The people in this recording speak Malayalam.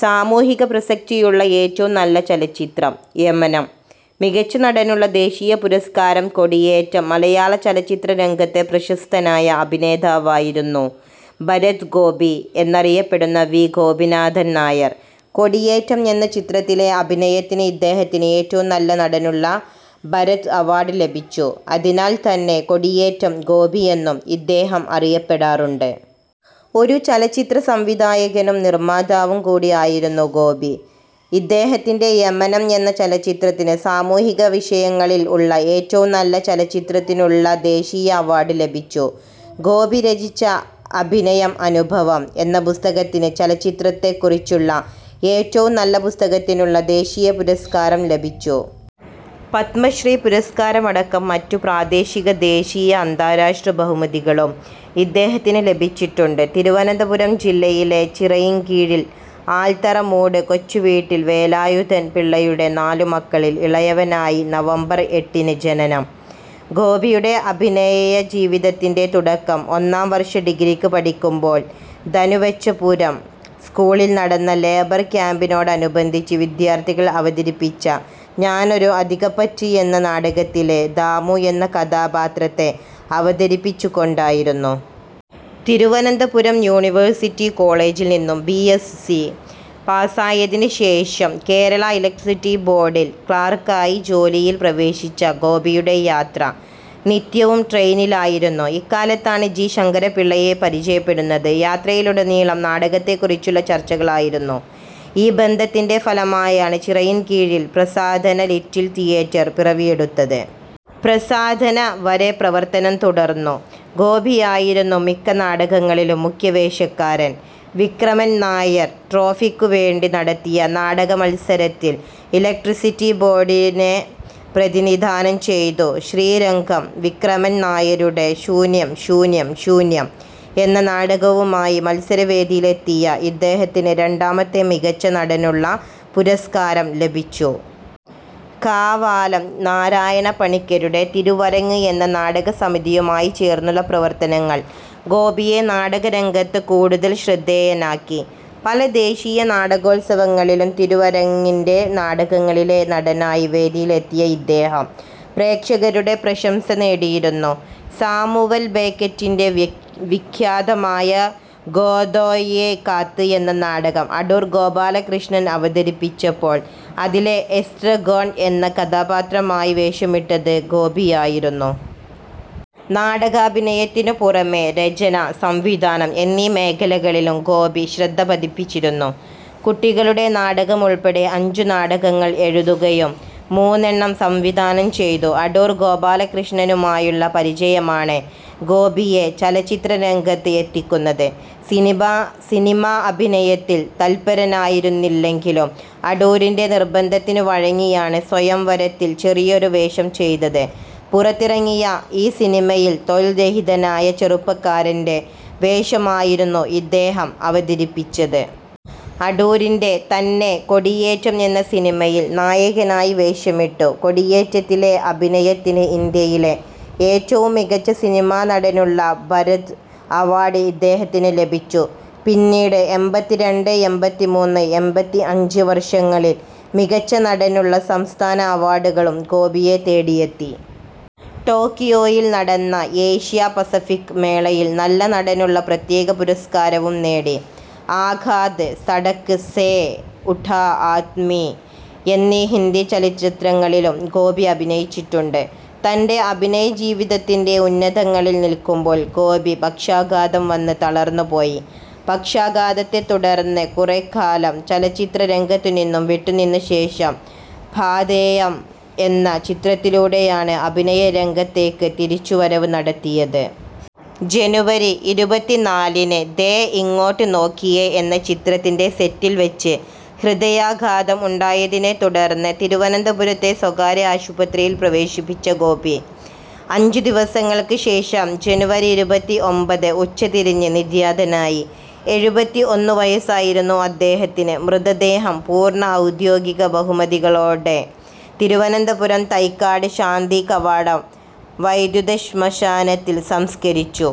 സാമൂഹിക പ്രസക്തിയുള്ള ഏറ്റവും നല്ല ചലച്ചിത്രം യമനം: മികച്ച നടനുള്ള ദേശീയപുരസ്കാരം കൊടിയേറ്റം മലയാളചലച്ചിത്രരംഗത്തെ പ്രശസ്തനായ അഭിനേതാവായിരുന്നു ഭരത് ഗോപി എന്നറിയപ്പെടുന്ന വി. ഗോപിനാഥൻ നായർ. കൊടിയേറ്റം എന്ന ചിത്രത്തിലെ അഭിനയത്തിന് ഇദ്ദേഹത്തിന് ഏറ്റവും നല്ല നടനുള്ള ഭരത് അവാർഡ് ലഭിച്ചു. അതിനാൽത്തന്നെ കൊടിയേറ്റം ഗോപി എന്നും ഇദ്ദേഹം അറിയപ്പെടാറുണ്ട്. ഒരു ചലച്ചിത്രസംവിധായകനും നിർമ്മാതാവും കൂടി ആയിരുന്നു ഗോപി. ഇദ്ദേഹത്തിന്‍റെ യമനം എന്ന ചലച്ചിത്രത്തിന് സാമൂഹിക വിഷയങ്ങളിൽ ഉള്ള ഏറ്റവും നല്ല ചലച്ചിത്രത്തിനുള്ള ദേശീയ അവാർഡ് ലഭിച്ചു. ഗോപി രചിച്ച ' അഭിനയം അനുഭവം ' എന്ന പുസ്തകത്തിന് ചലച്ചിത്രത്തെക്കുറിച്ചുള്ള ഏറ്റവും നല്ല പുസ്തകത്തിനുള്ള ദേശീയപുരസ്കാരം ലഭിച്ചു. പത്മശ്രീ പുരസ്കാരമടക്കം മറ്റ് പ്രാദേശിക, ദേശീയ, അന്താരാഷ്ട്ര ബഹുമതികളും ഇദ്ദേഹത്തിന് ലഭിച്ചിട്ടുണ്ട്. തിരുവനന്തപുരം ജില്ലയിലെ ചിറയിൻകീഴിൽ ആൽത്തറമൂട് കൊച്ചുവീട്ടിൽ വേലായുധൻ പിള്ളയുടെ നാലു മക്കളിൽ ഇളയവനായി നവംബർ എട്ടിന് ജനനം. ഗോപിയുടെ അഭിനയ ജീവിതത്തിന്‍റെ തുടക്കം ഒന്നാം വർഷ ഡിഗ്രിക്ക് പഠിക്കുമ്പോൾ ധനുവച്ചപുരം സ്കൂളിൽ നടന്ന ലേബർ ക്യാമ്പിനോടനുബന്ധിച്ച് വിദ്യാർത്ഥികൾ അവതരിപ്പിച്ച ഞാനൊരു അധികപ്പറ്റ് എന്ന നാടകത്തിലെ ' ദാമു ' എന്ന കഥാപാത്രത്തെ അവതരിപ്പിച്ചുകൊണ്ടായിരുന്നു. തിരുവനന്തപുരം യൂണിവേഴ്സിറ്റി കോളേജിൽ നിന്നും ബി. എസ്സ്. സി പാസായതിന് ശേഷം കേരള ഇലക്ട്രിസിറ്റി ബോർഡിൽ ക്ലാർക്കായി ജോലിയിൽ പ്രവേശിച്ച ഗോപിയുടെ യാത്ര നിത്യവും ട്രെയിനിലായിരുന്നു. ഇക്കാലത്താണ് ജി. ശങ്കരപ്പിള്ളയെ പരിചയപ്പെടുന്നത്. യാത്രയിലുടനീളം നാടകത്തെക്കുറിച്ചുള്ള ചർച്ചകളായിരുന്നു. ഈ ബന്ധത്തിന്‍റെ ഫലമായാണ് ചിറയിൻകീഴിൽ ' പ്രസാധന ലിറ്റിൽ തിയേറ്റർ ' പിറവിയെടുത്തത്. ' പ്രസാധന ' വരെ പ്രവർത്തനം തുടർന്നു. ഗോപിയായിരുന്നു മിക്ക നാടകങ്ങളിലും മുഖ്യവേഷക്കാരൻ. വിക്രമൻ നായർ ട്രോഫിക്കുവേണ്ടി നടത്തിയ നാടകമത്സരത്തിൽ ഇലക്ട്രിസിറ്റി ബോർഡിനെ പ്രതിനിധാനം ചെയ്തു ശ്രീരംഗം വിക്രമൻനായരുടെ ശൂന്യം ശൂന്യം ശൂന്യം എന്ന നാടകവുമായി മത്സരവേദിയിലെത്തിയ ഇദ്ദേഹത്തിന് രണ്ടാമത്തെ മികച്ച നടനുള്ള പുരസ്കാരം ലഭിച്ചു. കാവാലം നാരായണപ്പണിക്കരുടെ ' തിരുവരങ്ങ് ' എന്ന നാടകസമിതിയുമായി ചേർന്നുളള പ്രവർത്തനങ്ങൾ ഗോപിയെ നാടകരംഗത്ത് കൂടുതൽ ശ്രദ്ധേയനാക്കി. പല ദേശീയ നാടകോത്സവങ്ങളിലും തിരുവരങ്ങിന്റെ നാടകങ്ങളിലെ നടനായി വേദിയിലെത്തിയ ഇദ്ദേഹം പ്രേക്ഷകരുടെ പ്രശംസ നേടിയിരുന്നു. സാമുവൽ ബേക്കറ്റിന്‍റെ വ്യ വിഖ്യാതമായ ഗോദോയെ കാത്ത് എന്ന നാടകം അടൂർ ഗോപാലകൃഷ്ണൻ അവതരിപ്പിച്ചപ്പോൾ അതിലെ ' എസ്ട്രഗോൺ ' എന്ന കഥാപാത്രമായി വേഷമിട്ടത് ഗോപിയായിരുന്നു. നാടകാഭിനയത്തിനു പുറമേ രചന, സംവിധാനം എന്നീ മേഖലകളിലും ഗോപി ശ്രദ്ധ പതിപ്പിച്ചിരുന്നു. കുട്ടികളുടെ നാടകമുൾപ്പെടെ അഞ്ചുനാടകങ്ങൾ എഴുതുകയും മൂന്നെണ്ണം സംവിധാനം ചെയ്തു. അടൂർ ഗോപാലകൃഷ്ണനുമായുള്ള പരിചയമാണ് ഗോപിയെ ചലച്ചിത്രരംഗത്ത് എത്തിക്കുന്നത്. സിനിമാ സിനിമ അഭിനയത്തിൽ തത്പരനായിരുന്നില്ലെങ്കിലും അടൂരിന്‍റെ നിർബന്ധത്തിന് വഴങ്ങിയാണ് സ്വയംവരത്തിൽ ചെറിയൊരു വേഷം ചെയ്തത്. പുറത്തിറങ്ങിയ ഈ സിനിമയിൽ തൊഴിൽരഹിതനായ ചെറുപ്പക്കാരന്‍റെ വേഷമായിരുന്നു ഇദ്ദേഹം അവതരിപ്പിച്ചത്. അടൂരിന്‍റെ തന്നെ കൊടിയേറ്റം എന്ന സിനിമയിൽ നായകനായി വേഷമിട്ടു. കൊടിയേറ്റത്തിലെ അഭിനയത്തിന് ഇന്ത്യയിലെ ഏറ്റവും മികച്ച സിനിമാ നടനുള്ള ' ഭരത് ' അവാർഡ് ഇദ്ദേഹത്തിന് ലഭിച്ചു. പിന്നീട്, എമ്പത്തിരണ്ട്, എമ്പത്തിമൂന്ന്, എമ്പത്തിഅഞ്ച് വർഷങ്ങളിൽ മികച്ച നടനുള്ള സംസ്ഥാന അവാർഡുകളും ഗോപിയെ തേടിയെത്തി. ടോക്കിയോയിൽ നടന്ന ഏഷ്യാ പസഫിക് മേളയിൽ നല്ല നടനുള്ള പ്രത്യേക പുരസ്കാരവും നേടി. ആഖാത്, സടക്ക് സേ ഉഠാ ആദ്മി എന്നീ ഹിന്ദി ചലച്ചിത്രങ്ങളിലും ഗോപി അഭിനയിച്ചിട്ടുണ്ട്. തന്‍റെ അഭിനയജീവിതത്തിന്‍റെ ഉന്നതങ്ങളിൽ നിൽക്കുമ്പോൾ ഗോപി പക്ഷാഘാതം വന്ന് തളർന്നു പോയി. പക്ഷാഘാതത്തെത്തുടർന്ന് കുറെക്കാലം ചലച്ചിത്രരംഗത്തുനിന്നും വിട്ടുനിന്നശേഷം പാഥേയം എന്ന ചിത്രത്തിലൂടെയാണ് അഭിനയ രംഗത്തേക്ക് തിരിച്ചുവരവ് നടത്തിയത്. ജനുവരി ഇരുപത്തിനാലിന് ദേ ഇങ്ങോട്ട് നോക്കിയേ എന്ന ചിത്രത്തിന്‍റെ സെറ്റിൽ വച്ച് ഹൃദയാഘാതം ഉണ്ടായതിനെത്തുടർന്ന് തിരുവനന്തപുരത്തെ സ്വകാര്യ ആശുപത്രിയിൽ പ്രവേശിപ്പിച്ച ഗോപി അഞ്ചുദിവസങ്ങൾക്കുശേഷം ജനുവരി ഇരുപത്തിഒമ്പത് ഉച്ച തിരിഞ്ഞ് നിര്യാതനായി. എഴുപത്തിഒന്നു വയസ്സായിരുന്നു അദ്ദേഹത്തിന്. മൃതദേഹം പൂർണ ഔദ്യോഗിക ബഹുമതികളോടെ തിരുവനന്തപുരം തൈക്കാട് ശാന്തികവാടം വൈദ്യുതശ്മശാനത്തിൽ സംസ്കരിച്ചു.